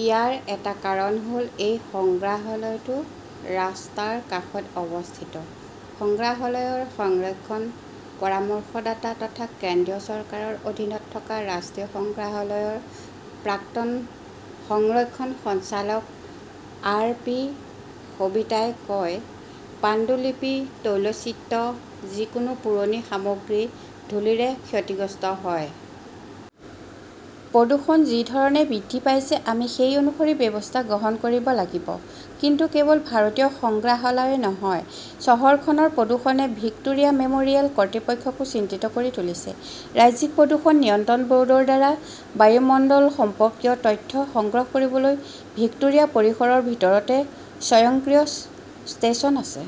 ইয়াৰ এটা কাৰণ হ "ল এই সংগ্ৰহালয়টো ৰাস্তাৰ কাষত অৱস্থিত। সংগ্ৰহালয়ৰ সংৰক্ষণ পৰামৰ্শদাতা তথা কেন্দ্ৰীয় চৰকাৰৰ অধীনত থকা ৰাষ্ট্ৰীয় সংগ্ৰহালয়ৰ প্ৰাক্তন সংৰক্ষণ সঞ্চালক আৰ. পি. সবিতাই কয়, "পাণ্ডুলিপি, তৈলচিত্ৰ, যিকোনো পুৰণি সামগ্ৰী ধূলিৰে ক্ষতিগ্ৰস্ত হয়। প্ৰদূষণ যি ধৰণে বৃদ্ধি পাইছে, আমি সেই অনুসৰি ব্যৱস্থা গ্ৰহণ কৰিব লাগিব। "কিন্তু কেৱল ভাৰতীয় সংগ্ৰহালয়ই নহয়, চহৰখনৰ প্ৰদূষণে ভিক্টোৰিয়া মেম" ৰিয়েল কৰ্তৃপক্ষকো চিন্তিত কৰি তুলিছে। ৰাজ্যিক প্ৰদূষণ নিয়ন্ত্ৰণ ব "ৰ্ডৰ দ্বাৰা বায়ুৰ মানদণ্ড সম্পৰ্কীয় তথ্য সংগ্ৰহ কৰিবলৈ ভিক্টোৰিয়া পৰিসৰৰ ভিতৰতে স্বয়ংক্ৰিয় 'ষ্টেচন" আছে।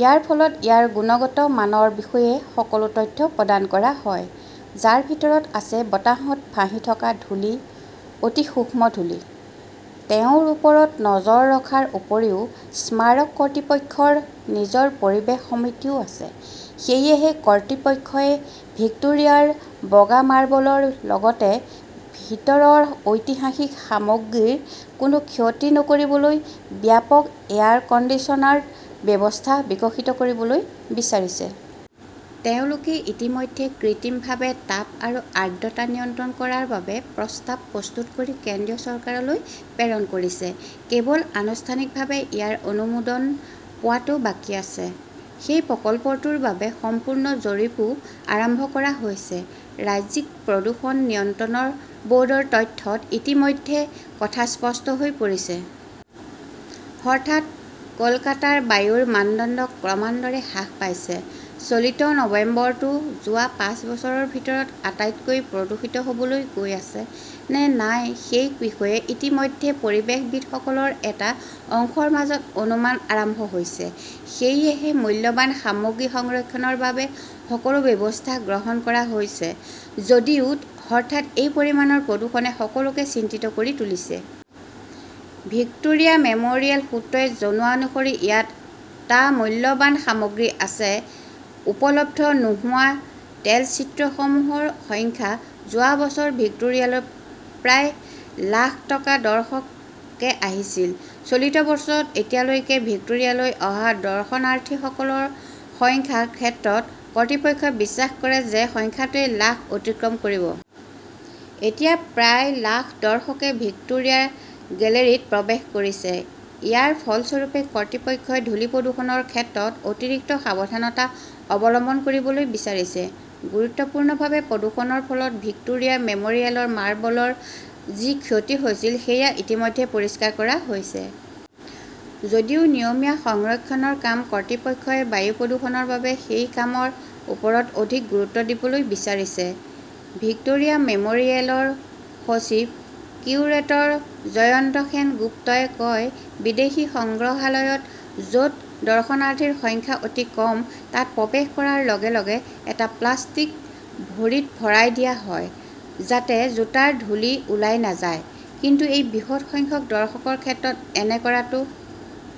ইয়াৰ ফলত ইয়াৰ গুণগত মানৰ বিষয়ে সকলো তথ্য প্ৰদান কৰা হয়, যাৰ ভিতৰত আছে বতাহত ভাহি থকা ধূলি, অতি সূক্ষ্ম ধূলি। তেওঁৰ ওপৰত নজৰ ৰখাৰ উপৰিও স্মাৰক কৰ্তৃপক্ষৰ নিজৰ পৰিৱেশ সমিতিও আছে। সেয়েহে কৰ্তৃপক্ষই ভিক্টোৰিয়াৰ বগা মাৰ্বলৰ লগতে ভিতৰৰ ঐতিহাসিক সামগ্ৰীৰ কোনো ক্ষতি নকৰিবলৈ 'ব্যাপক এয়াৰ কণ্ডিচনাৰ্ড "ব্যৱস্থা বিকশিত কৰিবলৈ বিচাৰিছে। তেওঁলোকে ইতিমধ্যে কৃত্ৰিমভাৱে তাপ আৰু আৰ্দ্ৰতা নিয়ন্ত্ৰণ কৰাৰ বাবে প্ৰস্তাৱ প্ৰস্তুত কৰি কেন্দ্ৰীয় চৰকাৰলৈ প্ৰেৰণ কৰিছে। কেৱল আনুষ্ঠানিকভাৱে ইয়াৰ অনুমোদন পোৱাটো বাকী আছে। সেই প্ৰকল্পটোৰ বাবে সম্পূৰ্ণ জৰীপও আৰম্ভ কৰা হৈছে। ৰাজ্যিক প্ৰদূষণ নিয়ন্ত্ৰণ ব "ৰ্ডৰ তথ্যত ইতিমধ্যে এটা কথা স্পষ্ট হৈ পৰিছে। অৰ্থাৎ, কলকাতাৰ বায়ুৰ মানদণ্ড ক্ৰমান্বয়ে হ্ৰাস পাইছে। চলিত নৱেম্বৰটো যোৱা পাঁচ বছৰৰ ভিতৰত আটাইতকৈ প্ৰদূষিত হ "বলৈ গৈ আছে নে নাই সেই বিষয়ে ইতিমধ্যে পৰিৱেশবিদসকলৰ এটা অংশৰ মাজত অনুমান আৰম্ভ হৈছে। সেয়েহে মূল্যৱান সামগ্ৰী সংৰক্ষণৰ বাবে সকলো ব্যৱস্থা গ্ৰহণ কৰা হৈছে যদিও হঠাতে এই পৰিমাণৰ প্ৰদূষণে সকলোকে চিন্তিত কৰি তুলিছে। ভিক্টোৰিয়া মেম "ৰিয়েলৰ সূত্ৰই জনোৱা অনুসৰি ইয়াত, টা মূল্যৱান সামগ্ৰী আছে। উপলব্ধ নোহোৱা তেলচিত্ৰসমূহৰ সংখ্যা। যোৱা বছৰ ভিক্টোৰিয়ালৈ প্ৰায় লাখ দৰ্শকে আহিছিল। চলিত বছৰত এতিয়ালৈকে ভিক্টোৰিয়ালৈ অহা দৰ্শনাৰ্থীসকলৰ সংখ্যাৰ ক্ষেত্ৰত, কৰ্তৃপক্ষই বিশ্বাস কৰে যে সংখ্যাটোৱে লাখ অতিক্ৰম কৰিব। এতিয়া প্ৰায় লাখ দৰ্শকে ভিক্টোৰিয়া গেলেৰীত প্ৰৱেশ কৰিছে। ইয়াৰ ফলস্বৰূপে, কৰ্তৃপক্ষই ধূলি প্ৰদূষণৰ ক্ষেত্ৰত অতিৰিক্ত সাৱধানতা অৱলম্বন কৰিবলৈ বিচাৰিছে। গুৰুত্বপূৰ্ণভাৱে, প্ৰদূষণৰ ফলত ভিক্টোৰিয়া মেম "ৰিয়েলৰ মাৰ্বলৰ যি ক্ষতি হৈছিল সেয়া ইতিমধ্যে পৰিষ্কাৰ কৰা হৈছে। যদিও নিয়মীয়া সংৰক্ষণৰ কাম, কৰ্তৃপক্ষই বায়ু প্ৰদূষণৰ বাবে সেই কামৰ ওপৰত অধিক গুৰুত্ব দিবলৈ বিচাৰিছে। ভিক্টোৰিয়া মেম "ৰিয়েলৰ সচিব-কিউৰেটৰ জয়ন্ত সেনগুপ্তই কয়," বিদেশী সংগ্ৰহালয়ত, য "ত দৰ্শনাৰ্থীৰ সংখ্যা অতি কম, তাত প্ৰৱেশ কৰাৰ লগে লগে এটা প্লাষ্টিক ভৰিত ভৰাই দিয়া হয় যাতে জোতাৰ ধূলি ওলাই নাযায়। " কিন্তু এই বৃহৎ সংখ্যক দৰ্শকৰ ক্ষেত্ৰত এনে কৰাটো